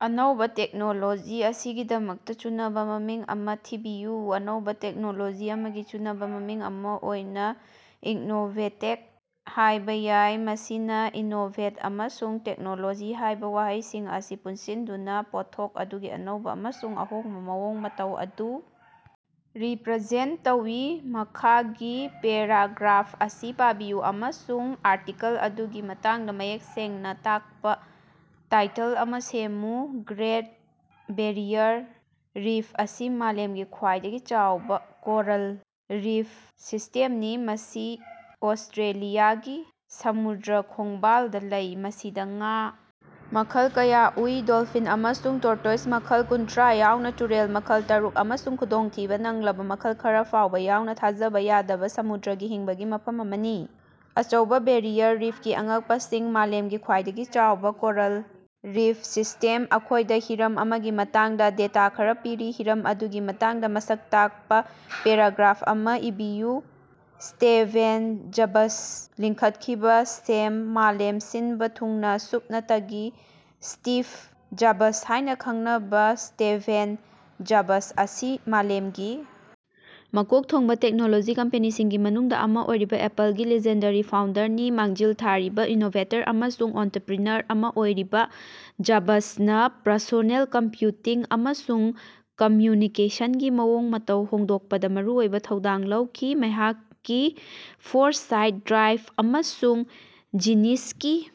ꯑꯅꯧꯕ ꯇꯦꯛꯅꯣꯂꯣꯖꯤ ꯑꯁꯤꯒꯤꯗꯃꯛꯇ ꯆꯨꯅꯕ ꯃꯃꯤꯡ ꯑꯃ ꯊꯤꯕꯤꯌꯨ꯫ ꯑꯅꯧꯕ ꯇꯦꯛꯅꯣꯂꯣꯖꯤ ꯑꯃꯒꯤ ꯆꯨꯅꯕ ꯃꯃꯤꯡ ꯑꯃ ꯑꯣꯏꯅ "ꯏꯅꯣꯚꯦꯇꯦꯛ" ꯍꯥꯏꯕ ꯌꯥꯏ ꯃꯁꯤꯅ "ꯏꯅꯣꯚꯦꯠ" ꯑꯃꯁꯨꯡ "ꯇꯦꯛꯅꯣꯂꯣꯖꯤ" ꯍꯥꯏꯕ ꯋꯥꯍꯩꯁꯤꯡ ꯑꯁꯤ ꯄꯨꯟꯁꯤꯟꯗꯨꯅ ꯄꯣꯠꯊꯣꯛ ꯑꯗꯨꯒꯤ ꯑꯅꯧꯕ ꯑꯃꯁꯨꯡ ꯑꯍꯣꯡꯕ ꯃꯑꯣꯡ ꯃꯇꯧ ꯑꯗꯨ ꯔꯤꯄ꯭ꯔꯖꯦꯟꯇ ꯇꯧꯏ꯫ ꯃꯈꯥꯒꯤ ꯄꯦꯔꯥꯒ꯭ꯔꯥꯐ ꯑꯁꯤ ꯄꯥꯕꯤꯌꯨ ꯑꯃꯁꯨꯡ ꯑꯥꯔꯇꯤꯀꯜ ꯑꯗꯨꯒꯤ ꯃꯇꯥꯡꯗ ꯃꯌꯦꯛ ꯁꯦꯡꯅ ꯇꯥꯛꯄ ꯇꯥꯏꯇꯜ ꯑꯃ ꯁꯦꯝꯃꯨ꯫ ꯒ꯭ꯔꯦꯠ ꯕꯦꯔꯤꯌꯥꯔ ꯔꯤꯐ ꯑꯁꯤ ꯃꯥꯂꯦꯝꯒꯤ ꯈ꯭ꯋꯥꯏꯗꯒꯤ ꯆꯥꯎꯕ ꯀꯣꯔꯜ ꯔꯤꯐ ꯁꯤꯁꯇꯦꯝꯅꯤ, ꯃꯁꯤ ꯑꯣꯁꯇ꯭ꯔꯦꯂꯤꯌꯥꯒꯤ ꯁꯃꯨꯗ꯭ꯔ ꯈꯣꯡꯕꯥꯜꯗ ꯂꯩ꯫ ꯃꯁꯤꯗ ꯉꯥ ꯃꯈꯜ ꯀꯌꯥ ꯎꯏ, ꯗꯣꯜꯐꯤꯟ ꯑꯃꯁꯨꯡ ꯇꯣꯔꯇꯣꯏꯖ ꯃꯈꯜ ꯀꯨꯟꯇꯔꯥ ꯌꯥꯎꯅ ꯇꯨꯔꯦꯜ ꯃꯈꯜ ꯇꯔꯨꯛ ꯑꯃꯁꯨꯡ ꯈꯨꯗꯣꯡꯊꯤꯕ ꯅꯪꯂꯕ ꯃꯈꯜ ꯈꯔ ꯐꯥꯎꯕ ꯌꯥꯎꯅ ꯊꯥꯖꯕ ꯌꯥꯗꯕ ꯁꯃꯨꯗ꯭ꯔꯒꯤ ꯍꯤꯡꯕꯒꯤ ꯃꯐꯝ ꯑꯃꯅꯤ꯫ ꯑꯆꯧꯕ ꯕꯦꯔꯤꯌꯥꯔ ꯔꯤꯐꯀꯤ ꯑꯉꯛꯄꯁꯤꯡ: ꯃꯥꯂꯦꯝꯒꯤ ꯈ꯭ꯋꯥꯏꯗꯒꯤ ꯆꯥꯎꯕ ꯀꯣꯔꯜ ꯔꯤꯐ ꯁꯤꯁꯇꯦꯝ꯫ ꯑꯩꯈꯣꯏꯗ ꯍꯤꯔꯝ ꯑꯃꯒꯤ ꯃꯇꯥꯡꯗ ꯗꯦꯇꯥ ꯈꯔ ꯄꯤꯔꯤ꯫ ꯍꯤꯔꯝ ꯑꯗꯨꯒꯤ ꯃꯇꯥꯡꯗ ꯃꯁꯛ ꯇꯥꯛꯄ ꯄꯦꯔꯥꯒ꯭ꯔꯥꯐ ꯑꯃ ꯏꯕꯤꯌꯨ꯫ ꯁ꯭ꯇꯦꯚꯦꯟ ꯖꯕꯁ ꯂꯤꯡꯈꯠꯈꯤꯕ ꯁꯦꯝ ꯃꯥꯂꯦꯝ ꯁꯤꯟꯕ ꯊꯨꯡꯅ ꯁꯨꯞꯅꯇꯒꯤ ꯁ꯭ꯇꯤꯚ ꯖꯕꯁ ꯍꯥꯏꯅ ꯈꯪꯅꯕ ꯁ꯭ꯇꯦꯚꯦꯟ ꯖꯕꯁ ꯑꯁꯤ ꯃꯥꯂꯦꯝꯒꯤ ꯃꯀꯣꯛ ꯊꯣꯡꯕ ꯇꯦꯛꯅꯣꯂꯣꯖꯤ ꯀꯝꯄꯦꯅꯤꯁꯤꯡꯒꯤ ꯃꯅꯨꯡꯗ ꯑꯃ ꯑꯣꯏꯔꯤꯕ ꯑꯦꯄꯜꯒꯤ ꯂꯤꯖꯦꯟꯗꯥꯔꯤ ꯐꯥꯎꯟꯗꯔꯅꯤ꯫ ꯃꯥꯡꯖꯤꯜ ꯊꯥꯔꯤꯕ ꯏꯅꯣꯚꯦꯇꯔ ꯑꯃꯁꯨꯡ ꯑꯣꯟꯇ꯭ꯔꯨꯄ꯭ꯔꯤꯅꯔ ꯑꯃ ꯑꯣꯏꯔꯤꯕ ꯖꯕꯁꯅ ꯄꯔꯁꯣꯅꯦꯜ ꯀꯝꯄ꯭ꯌꯨꯇꯤꯡ ꯑꯃꯁꯨꯡ ꯀꯝꯃ꯭ꯌꯨꯅꯤꯀꯦꯁꯟꯒꯤ ꯃꯑꯣꯡ ꯃꯇꯧ ꯍꯣꯡꯗꯣꯛꯄꯗ ꯃꯔꯨꯑꯣꯏꯕ ꯊꯧꯗꯥꯡ ꯂꯧꯈꯤ꯫ ꯃꯍꯥꯛꯀꯤ ꯐꯣꯔꯁꯥꯏꯠ, ꯗ꯭ꯔꯥꯏꯕ ꯑꯃꯁꯨꯡ ꯖꯤꯅꯤꯁꯀꯤ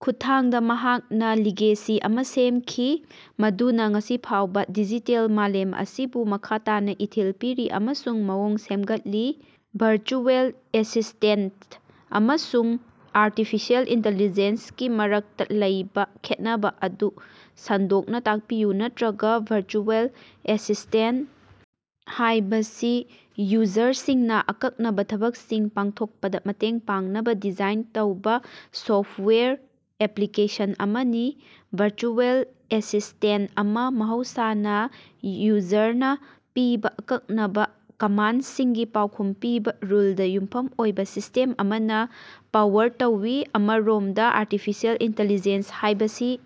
ꯈꯨꯠꯊꯥꯡꯗ ꯃꯍꯥꯛꯅ ꯂꯤꯒꯦꯁꯤ ꯑꯃ ꯁꯦꯝꯈꯤ ꯃꯗꯨꯅ ꯉꯁꯤ ꯐꯥꯎꯕ ꯗꯤꯖꯤꯇꯦꯜ ꯃꯥꯂꯦꯝ ꯑꯁꯤꯕꯨ ꯃꯈꯥ ꯇꯥꯅ ꯏꯊꯤꯜ ꯄꯤꯔꯤ ꯑꯃꯁꯨꯡ ꯃꯑꯣꯡ ꯁꯦꯝꯒꯠꯂꯤ꯫ ꯚꯔꯆꯨꯑꯦꯜ ꯑꯦꯁꯤꯁꯇꯦꯟꯇ ꯑꯃꯁꯨꯡ ꯑꯥꯔꯇꯤꯐꯤꯁꯤꯑꯦꯜ ꯏꯟꯇꯦꯂꯤꯖꯦꯟꯁ ꯒꯤ ꯃꯔꯛꯇ ꯂꯩꯕ ꯈꯦꯠꯅꯕ ꯑꯗꯨ ꯁꯟꯗꯣꯛꯅ ꯇꯥꯛꯄꯤꯌꯨ ꯅꯠꯇ꯭ꯔꯒ ꯚꯔꯆꯨꯑꯦꯜ ꯑꯦꯁꯤꯁꯇꯦꯟꯇ ꯍꯥꯏꯕꯁꯤ ꯌꯨꯖꯔꯁꯤꯡꯅ ꯑꯀꯛꯅꯕ ꯊꯕꯛꯁꯤꯡ ꯄꯥꯡꯊꯣꯛꯄꯗ ꯃꯇꯦꯡ ꯄꯥꯡꯅꯕ ꯗꯤꯖꯥꯏꯟ ꯇꯧꯕ ꯁꯣꯐꯇꯋꯥꯌꯔ ꯑꯦꯄ꯭ꯂꯤꯀꯦꯁꯟ ꯑꯃꯅꯤ꯫ ꯚꯔꯆꯨꯑꯦꯜ ꯑꯦꯁꯤꯁꯇꯦꯟꯇ ꯑꯃ ꯃꯍꯧꯁꯥꯅ ꯌꯨꯖꯔꯅ ꯄꯤꯕ ꯑꯀꯛꯅꯕ ꯀꯃꯥꯟꯗꯁꯤꯡꯒꯤ ꯄꯥꯎꯈꯨꯝ ꯄꯤꯕ ꯔꯨꯜꯗ ꯌꯨꯝꯐꯝ ꯑꯣꯏꯕ ꯁꯤꯁꯇꯦꯝ ꯑꯃꯅ ꯄꯥꯋꯔ ꯇꯧꯏ꯫ ꯑꯃꯔꯣꯝꯗ ꯑꯥꯔꯇꯤꯐꯤꯁꯤꯑꯦꯜ ꯏꯟꯇꯤꯂꯤꯖꯦꯟꯁ ꯍꯥꯏꯕꯁꯤ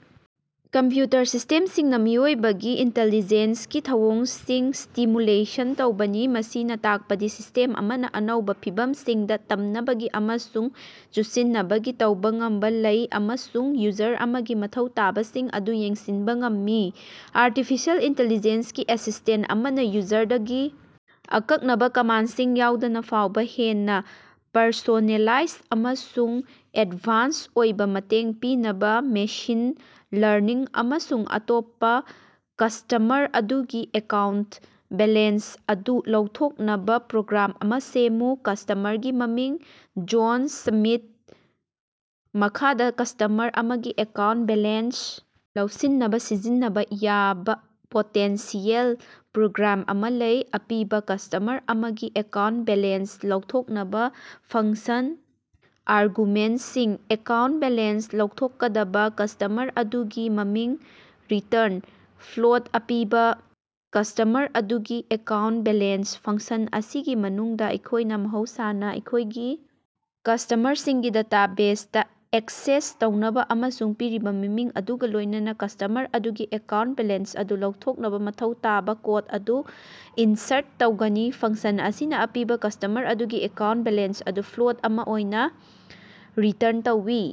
ꯀꯝꯄ꯭ꯌꯨꯇꯔ ꯁꯤꯁꯇꯦꯝꯁꯤꯡꯅ ꯃꯤꯑꯣꯏꯕꯒꯤ ꯏꯟꯇꯦꯂꯤꯖꯦꯟꯁꯀꯤ ꯊꯧꯑꯣꯡꯁꯤꯡ ꯁ꯭ꯇꯤꯃꯨꯂꯦꯁꯟ ꯇꯧꯕꯅꯤ꯫ ꯃꯁꯤꯅ ꯇꯥꯛꯄꯗꯤ ꯁꯤꯁꯇꯦꯝ ꯑꯃꯅ ꯑꯅꯧꯕ ꯐꯤꯚꯝꯁꯤꯡꯗ ꯇꯝꯅꯕꯒꯤ ꯑꯃꯁꯨꯡ ꯆꯨꯁꯤꯟꯅꯕꯒꯤ ꯇꯧꯕ ꯉꯝꯕ ꯂꯩ ꯑꯃꯁꯨꯡ ꯌꯨꯖꯔ ꯑꯃꯒꯤ ꯃꯊꯧ ꯇꯥꯕꯁꯤꯡ ꯑꯗꯨ ꯌꯦꯡꯁꯤꯟꯕ ꯉꯝꯃꯤ꯫ ꯑꯥꯔꯇꯤꯐꯤꯁꯤꯑꯦꯜ ꯏꯟꯇꯦꯂꯤꯖꯦꯟꯁ ꯒꯤ ꯑꯦꯁꯤꯁꯇꯦꯟꯇ ꯑꯃꯅ ꯌꯨꯖꯔꯗꯒꯤ ꯑꯀꯛꯅꯕ ꯀꯃꯥꯟꯗꯁꯤꯡ ꯌꯥꯎꯗꯅ ꯐꯥꯎꯕ ꯍꯦꯟꯅ ꯄꯔꯁꯣꯅꯦꯂꯥꯏꯖ ꯑꯃꯁꯨꯡ ꯑꯦꯗꯚꯥꯟꯁ ꯑꯣꯏꯕ ꯃꯇꯦꯡ ꯄꯤꯅꯕ ꯃꯦꯁꯤꯟ ꯂꯔꯅꯤꯡ ꯑꯃꯁꯨꯡ ꯑꯇꯣꯞꯄ ꯀꯁꯇꯃꯔ ꯑꯗꯨꯒꯤ ꯑꯦꯀꯥꯎꯟꯇ ꯕꯦꯂꯦꯟꯁ ꯑꯗꯨ ꯂꯧꯊꯣꯛꯅꯕ ꯄ꯭ꯔꯣꯒ꯭ꯔꯥꯝ ꯑꯃ ꯁꯦꯝꯃꯨ꯫ ꯀꯁꯇꯃꯔꯒꯤ ꯃꯃꯤꯡ: ꯖꯣꯟ ꯁ꯭ꯃꯤꯊ꯫ ꯃꯈꯥꯗ ꯀꯁꯇꯃꯔ ꯑꯃꯒꯤ ꯑꯦꯀꯥꯎꯟꯇ ꯕꯦꯂꯦꯟꯁ ꯂꯧꯁꯤꯟꯅꯕ ꯁꯤꯖꯤꯟꯅꯕ ꯌꯥꯕ ꯄꯣꯇꯦꯟꯁꯤꯑꯦꯜ ꯄ꯭ꯔꯣꯒ꯭ꯔꯥꯝ ꯑꯃ ꯂꯩ, ꯑꯄꯤꯕ ꯀꯁꯇꯃꯔ ꯑꯃꯒꯤ ꯑꯦꯀꯥꯎꯟꯇ ꯕꯦꯂꯦꯟꯁ ꯂꯧꯊꯣꯛꯅꯕ ꯐꯪꯁꯟ꯫ ꯑꯥꯔꯒꯨꯃꯦꯟꯇꯁꯤꯡ: ꯑꯦꯀꯥꯎꯟꯇ ꯕꯦꯂꯦꯟꯁ ꯂꯧꯊꯣꯛꯀꯗꯕ ꯀꯁꯇꯃꯔ ꯑꯗꯨꯒꯤ ꯃꯃꯤꯡ꯫ꯔꯤꯇꯔꯟ: ꯐ꯭ꯂꯣꯠ ꯑꯄꯤꯕ ꯀꯁꯇꯃꯔ ꯑꯗꯨꯒꯤ ꯑꯦꯀꯥꯎꯟꯇ ꯕꯦꯂꯦꯟꯁ ꯐꯪꯁꯟ ꯑꯁꯤꯒꯤ ꯃꯅꯨꯡꯗ, ꯑꯩꯈꯣꯏꯅ ꯃꯍꯧꯁꯥꯅ ꯑꯩꯈꯣꯏꯒꯤ ꯀꯁꯇꯃꯔꯁꯤꯡꯒꯤ ꯗꯦꯇꯥꯕꯦꯖꯗ ꯑꯦꯛꯁꯦꯁ ꯇꯧꯅꯕ ꯑꯃꯁꯨꯡ ꯄꯤꯔꯤꯕ ꯃꯃꯤꯡ ꯑꯗꯨꯒ ꯂꯣꯏꯅꯅ ꯀꯁꯇꯃꯔ ꯑꯗꯨꯒꯤ ꯑꯦꯀꯥꯎꯟꯇ ꯕꯦꯂꯦꯟꯁ ꯑꯗꯨ ꯂꯧꯊꯣꯛꯅꯕ ꯃꯊꯧ ꯇꯥꯕ ꯀꯣꯗ ꯑꯗꯨ ꯏꯟꯁꯔꯠ ꯇꯧꯒꯅꯤ꯫ ꯐꯪꯁꯟ ꯑꯁꯤꯅ ꯑꯄꯤꯕ ꯀꯁꯇꯃꯔ ꯑꯗꯨꯒꯤ ꯑꯦꯀꯥꯎꯟꯇ ꯕꯦꯂꯦꯟꯁ ꯑꯗꯨ ꯐ꯭ꯂꯣꯠ ꯑꯃ ꯑꯣꯏꯅ ꯔꯤꯇꯔꯟ ꯇꯧꯏ꯫